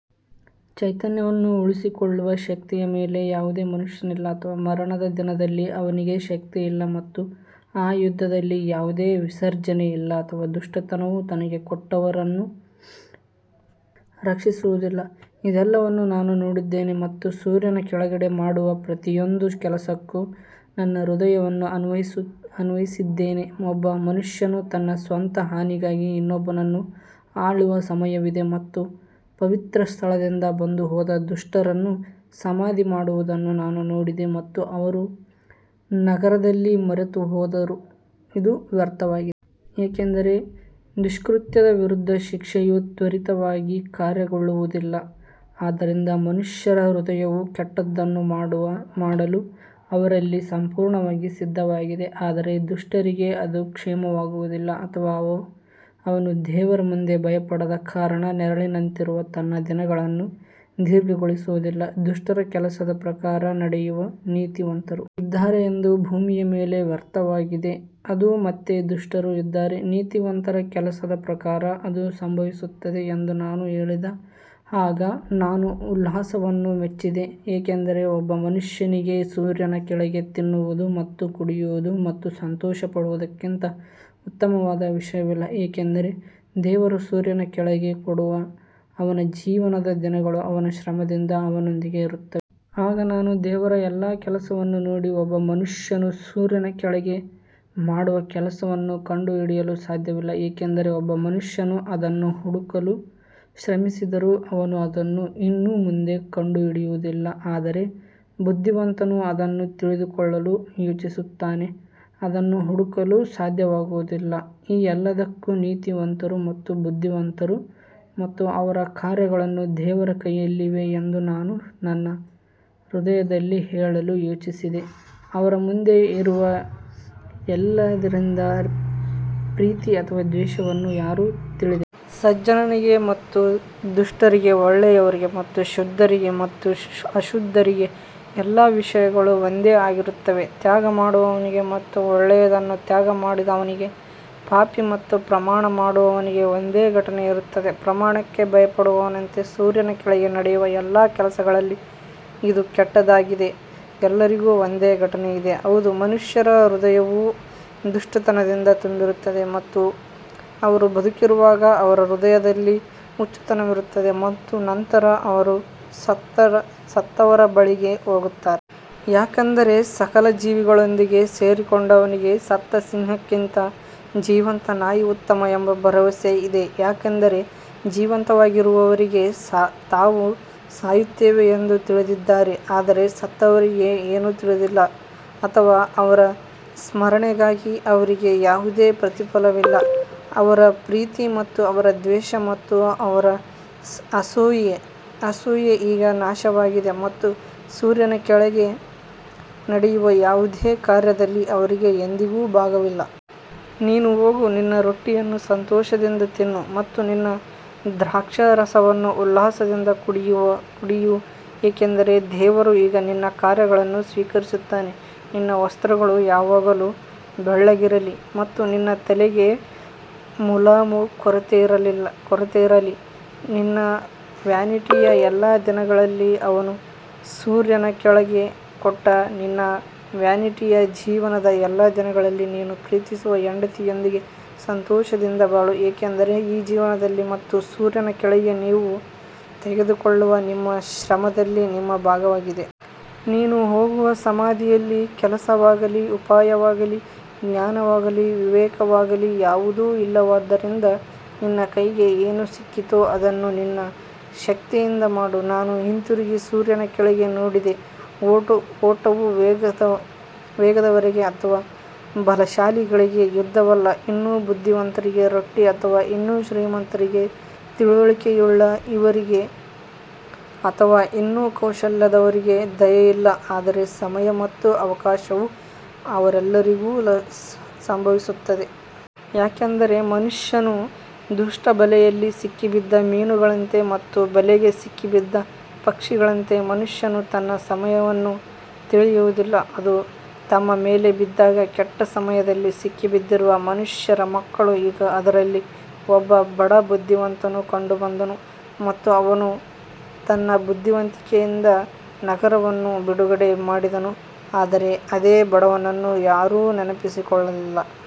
ಚೈತನ್ಯವನ್ನು ಉಳಿಸಿಕೊಳ್ಳುವ ಶಕ್ತಿಯ ಮೇಲೆ ಯಾವುದೇ ಮನುಷ್ಯನಿಲ್ಲ ಅಥವಾ ಮರಣದ ದಿನದಲ್ಲಿ ಅವನಿಗೆ ಶಕ್ತಿಯಿಲ್ಲ ಮತ್ತು ಆ ಯುದ್ಧದಲ್ಲಿ ಯಾವುದೇ ವಿಸರ್ಜನೆ ಇಲ್ಲ ಅಥವಾ ದುಷ್ಟತನವು ತನಗೆ ಕೊಟ್ಟವರನ್ನು ರಕ್ಷಿಸುವುದಿಲ್ಲ ಇದೆಲ್ಲವನ್ನೂ ನಾನು ನೋಡಿದ್ದೇನೆ ಮತ್ತು ಸೂರ್ಯನ ಕೆಳಗೆ ಮಾಡುವ ಪ್ರತಿಯೊಂದು ಕೆಲಸಕ್ಕೂ ನನ್ನ ಹೃದಯವನ್ನು ಅನ್ವಯಿಸಿದ್ದೇನೆ, ಒಬ್ಬ ಮನುಷ್ಯನು ತನ್ನ ಸ್ವಂತ ಹಾನಿಗಾಗಿ ಇನ್ನೊಬ್ಬನನ್ನು ಆಳುವ ಸಮಯವಿದೆ ಮತ್ತು ಪವಿತ್ರ ಸ್ಥಳದಿಂದ ಬಂದು ಹೋದ ದುಷ್ಟರನ್ನು ಸಮಾಧಿ ಮಾಡುವುದನ್ನು ನಾನು ನೋಡಿದೆ ಮತ್ತು ಅವರು ನಗರದಲ್ಲಿ ಮರೆತುಹೋದರು, ಇದು ವ್ಯರ್ಥವಾಗಿದೆ. ಏಕೆಂದರೆ ದುಷ್ಕೃತ್ಯದ ವಿರುದ್ಧ ಶಿಕ್ಷೆಯು ತ್ವರಿತವಾಗಿ ಕಾರ್ಯಗತಗೊಳ್ಳುವುದಿಲ್ಲ, ಆದ್ದರಿಂದ ಮನುಷ್ಯರ ಹೃದಯವು ಕೆಟ್ಟದ್ದನ್ನು ಮಾಡಲು ಅವರಲ್ಲಿ ಸಂಪೂರ್ಣವಾಗಿ ಸಿದ್ಧವಾಗಿದೆ. ಆದರೆ ದುಷ್ಟರಿಗೆ ಅದು ಕ್ಷೇಮವಾಗುವುದಿಲ್ಲ ಅಥವಾ ಅವನು ದೇವರ ಮುಂದೆ ಭಯಪಡದ ಕಾರಣ ನೆರಳಿನಂತಿರುವ ತನ್ನ ದಿನಗಳನ್ನು ದೀರ್ಘಗೊಳಿಸುವುದಿಲ್ಲ. ದುಷ್ಟರ ಕೆಲಸದ ಪ್ರಕಾರ ನಡೆಯುವ ನೀತಿವಂತರು ಇದ್ದಾರೆ ಎಂದು ಭೂಮಿಯ ಮೇಲೆ ವ್ಯರ್ಥವಾಗಿದೆ, ಅದು ಮತ್ತೆ ದುಷ್ಟರು ಇದ್ದಾರೆ, ನೀತಿವಂತರ ಕೆಲಸದ ಪ್ರಕಾರ ಅದು ಸಂಭವಿಸುತ್ತದೆ ಎಂದು ನಾನು ಹೇಳಿದೆ ಆಗ ನಾನು ಉಲ್ಲಾಸವನ್ನು ಮೆಚ್ಚಿದೆ ಏಕೆಂದರೆ ಒಬ್ಬ ಮನುಷ್ಯನಿಗೆ ಸೂರ್ಯನ ಕೆಳಗೆ ತಿನ್ನುವುದು ಮತ್ತು ಕುಡಿಯುವುದು ಮತ್ತು ಸಂತೋಷಪಡುವುದಕ್ಕಿಂತ ಉತ್ತಮವಾದ ವಿಷಯವಿಲ್ಲ, ಏಕೆಂದರೆ ದೇವರು ಸೂರ್ಯನ ಕೆಳಗೆ ಕೊಡುವ ಅವನ ಜೀವನದ ದಿನಗಳು ಅವನ ಶ್ರಮದಿಂದ ಅವನೊಂದಿಗೆ ಇರುತ್ತದೆ. ಆಗ ನಾನು ದೇವರ ಎಲ್ಲಾ ಕೆಲಸವನ್ನು ನೋಡಿದೆ, ಒಬ್ಬ ಮನುಷ್ಯನು ಸೂರ್ಯನ ಕೆಳಗೆ ಮಾಡುವ ಕೆಲಸವನ್ನು ಕಂಡುಹಿಡಿಯಲು ಸಾಧ್ಯವಿಲ್ಲ ಏಕೆಂದರೆ ಒಬ್ಬ ಮನುಷ್ಯನು ಅದನ್ನು ಹುಡುಕಲು ಶ್ರಮಿಸಿದರೂ ಅವನು ಅದನ್ನು ಇನ್ನೂ ಮುಂದೆ ಕಂಡುಹಿಡಿಯುವುದಿಲ್ಲ, ಆದರೆ ಬುದ್ಧಿವಂತನು ಅದನ್ನು ತಿಳಿದುಕೊಳ್ಳಲು ಯೋಚಿಸುತ್ತಾನೆ. ಅದನ್ನು ಹುಡುಕಲು ಸಾಧ್ಯವಾಗುವುದಿಲ್ಲ ಈ ಎಲ್ಲದಕ್ಕೂ ನೀತಿವಂತರು ಮತ್ತು ಬುದ್ಧಿವಂತರು ಮತ್ತು ಅವರ ಕಾರ್ಯಗಳು ದೇವರ ಕೈಯಲ್ಲಿವೆ ಎಂದು ನಾನು ನನ್ನ ಹೃದಯದಲ್ಲಿ ಹೇಳಲು ಯೋಚಿಸಿದೆ, ಅವರ ಮುಂದೆ ಇರುವ ಎಲ್ಲದರಿಂದ ಪ್ರೀತಿ ಅಥವಾ ದ್ವೇಷವನ್ನು ಯಾರೂ ತಿಳಿದಿಲ್ಲ. ಸಜ್ಜನನಿಗೆ ಮತ್ತು ದುಷ್ಟರಿಗೆ ಒಳ್ಳೆಯವರಿಗೆ ಮತ್ತು ಶುದ್ಧರಿಗೆ ಮತ್ತು ಅಶುದ್ಧರಿಗೆ ಎಲ್ಲಾ ವಿಷಯಗಳು ಒಂದೇ ಆಗಿರುತ್ತವೆ, ತ್ಯಾಗ ಮಾಡುವವನಿಗೆ ಮತ್ತು ಒಳ್ಳೆಯದನ್ನು ತ್ಯಾಗ ಮಾಡದವನಿಗೆ ಪಾಪಿ ಮತ್ತು ಪ್ರಮಾಣ ಮಾಡುವವನಿಗೆ ಒಂದೇ ಘಟನೆ ಇರುತ್ತದೆ. ಪ್ರಮಾಣಕ್ಕೆ ಭಯಪಡುವವನಂತೆ ಸೂರ್ಯನ ಕೆಳಗೆ ನಡೆಯುವ ಎಲ್ಲಾ ಕೆಲಸಗಳಲ್ಲಿ ಇದು ಕೆಟ್ಟದ್ದಾಗಿದೆ, ಎಲ್ಲರಿಗೂ ಒಂದೇ ಘಟನೆ ಇದೆ, ಹೌದು, ಮನುಷ್ಯರ ಹೃದಯವು ದುಷ್ಟತನದಿಂದ ತುಂಬಿರುತ್ತದೆ ಮತ್ತು ಅವರು ಬದುಕಿರುವಾಗ ಅವರ ಹೃದಯದಲ್ಲಿ ಹುಚ್ಚುತನವಿರುತ್ತದೆ ಮತ್ತು ನಂತರ ಅವರು ಸತ್ತವರ ಬಳಿಗೆ ಹೋಗುತ್ತಾರೆ. ಯಾಕಂದರೆ ಸಕಲ ಜೀವಿಗಳೊಂದಿಗೆ ಸೇರಿಕೊಂಡವನಿಗೆ ಸತ್ತ ಸಿಂಹಕ್ಕಿಂತ ಜೀವಂತ ನಾಯಿ ಉತ್ತಮ ಎಂಬ ಭರವಸೆ ಇದೆ ಯಾಕಂದರೆ ಜೀವಂತವಾಗಿರುವವರಿಗೆ ತಾವು ಸಾಯುತ್ತೇವೆ ಎಂದು ತಿಳಿದಿದ್ದಾರೆ ಆದರೆ ಸತ್ತವರಿಗೆ ಏನೂ ತಿಳಿದಿಲ್ಲ ಅಥವಾ ಅವರ ಸ್ಮರಣೆಗಾಗಿ ಅವರಿಗೆ ಯಾವುದೇ ಪ್ರತಿಫಲವಿಲ್ಲ ಅವರ ಪ್ರೀತಿ ಮತ್ತು ಅವರ ದ್ವೇಷ ಮತ್ತು ಅವರ ಅಸೂಯೆ ಈಗ ನಾಶವಾಗಿದೆ ಮತ್ತು ಸೂರ್ಯನ ಕೆಳಗೆ ನಡೆಯುವ ಯಾವುದೇ ಕಾರ್ಯದಲ್ಲಿ ಅವರಿಗೆ ಎಂದಿಗೂ ಭಾಗವಿಲ್ಲ. ನೀನು ಹೋಗು ನಿನ್ನ ರೊಟ್ಟಿಯನ್ನು ಸಂತೋಷದಿಂದ ತಿನ್ನು ಮತ್ತು ನಿನ್ನ ದ್ರಾಕ್ಷಾರಸವನ್ನು ಉಲ್ಲಾಸದಿಂದ ಕುಡಿಯು ಏಕೆಂದರೆ ದೇವರು ಈಗ ನಿನ್ನ ಕಾರ್ಯಗಳನ್ನು ಸ್ವೀಕರಿಸುತ್ತಾನೆ ನಿನ್ನ ವಸ್ತ್ರಗಳು ಯಾವಾಗಲೂ ಬೆಳ್ಳಗಿರಲಿ ಮತ್ತು ನಿನ್ನ ತಲೆಗೆ ಮುಲಾಮು ಕೊರತೆಯಿರಲಿ ನಿನ್ನ ವ್ಯಾನಿಟಿಯ ಎಲ್ಲಾ ದಿನಗಳಲ್ಲಿ ಅವನು ಸೂರ್ಯನ ಕೆಳಗೆ ಕೊಟ್ಟ ನಿನ್ನ ವ್ಯಾನಿಟಿಯ ಜೀವನದ ಎಲ್ಲಾ ದಿನಗಳಲ್ಲಿ ನೀನು ಪ್ರೀತಿಸುವ ಹೆಂಡತಿಯೊಂದಿಗೆ ಸಂತೋಷದಿಂದ ಬಾಳು, ಏಕೆಂದರೆ ಈ ಜೀವನದಲ್ಲಿ ಮತ್ತು ಸೂರ್ಯನ ಕೆಳಗೆ ನೀವು ತೆಗೆದುಕೊಳ್ಳುವ ನಿಮ್ಮ ಶ್ರಮದಲ್ಲಿ ನಿಮ್ಮ ಭಾಗವಾಗಿದೆ. ನೀನು ಹೋಗುವ ಸಮಾಧಿಯಲ್ಲಿ ಕೆಲಸವಾಗಲಿ, ಉಪಾಯವಾಗಲಿ, ಜ್ಞಾನವಾಗಲಿ, ವಿವೇಕವಾಗಲಿ ಯಾವುದೂ ಇಲ್ಲವಾದ್ದರಿಂದ ನಿನ್ನ ಕೈಗೆ ಏನು ಸಿಕ್ಕಿತೋ ಅದನ್ನು ನಿನ್ನ ಶಕ್ತಿಯಿಂದ ಮಾಡು. ನಾನು ಹಿಂತಿರುಗಿ ಸೂರ್ಯನ ಕೆಳಗೆ ನೋಡಿದೆ, ಓಟವು ವೇಗದವರಿಗೆ ಅಥವಾ ಬಲಶಾಲಿಗಳಿಗೆ ಯುದ್ಧವಲ್ಲ, ಇನ್ನೂ ಬುದ್ಧಿವಂತರಿಗೆ ರೊಟ್ಟಿ ಅಥವಾ ಇನ್ನೂ ಶ್ರೀಮಂತರಿಗೆ ತಿಳುವಳಿಕೆಯುಳ್ಳವರಿಗೆ ಅಥವಾ ಇನ್ನೂ ಕೌಶಲ್ಯದವರಿಗೆ ದಯೆಯಿಲ್ಲ ಆದರೆ ಸಮಯ ಮತ್ತು ಅವಕಾಶವು ಅವರೆಲ್ಲರಿಗೂ ಸಂಭವಿಸುತ್ತದೆ. ಯಾಕಂದರೆ ಮನುಷ್ಯನು ದುಷ್ಟ ಬಲೆಯಲ್ಲಿ ಸಿಕ್ಕಿಬಿದ್ದ ಮೀನುಗಳಂತೆ ಮತ್ತು ಬಲೆಗೆ ಸಿಕ್ಕಿಬಿದ್ದ ಪಕ್ಷಿಗಳಂತೆ ಮನುಷ್ಯನು ತನ್ನ ಸಮಯವನ್ನು ತಿಳಿದಿರುವುದಿಲ್ಲ, ಅದು ತಮ್ಮ ಮೇಲೆ ಬಿದ್ದಾಗ ಕೆಟ್ಟ ಸಮಯದಲ್ಲಿ ಸಿಕ್ಕಿಬಿದ್ದಿರುವ ಮನುಷ್ಯರ ಮಕ್ಕಳು ಈಗ ಅದರಲ್ಲಿ ಒಬ್ಬ ಬಡ ಬುದ್ಧಿವಂತನು ಕಂಡುಬಂದನು ಮತ್ತು ಅವನು ತನ್ನ ಬುದ್ಧಿವಂತಿಕೆಯಿಂದ ನಗರವನ್ನು ಬಿಡುಗಡೆ ಮಾಡಿದನು, ಆದರೆ ಅದೇ ಬಡವನನ್ನು ಯಾರೂ ನೆನಪಿಸಿಕೊಳ್ಳಲಿಲ್ಲ.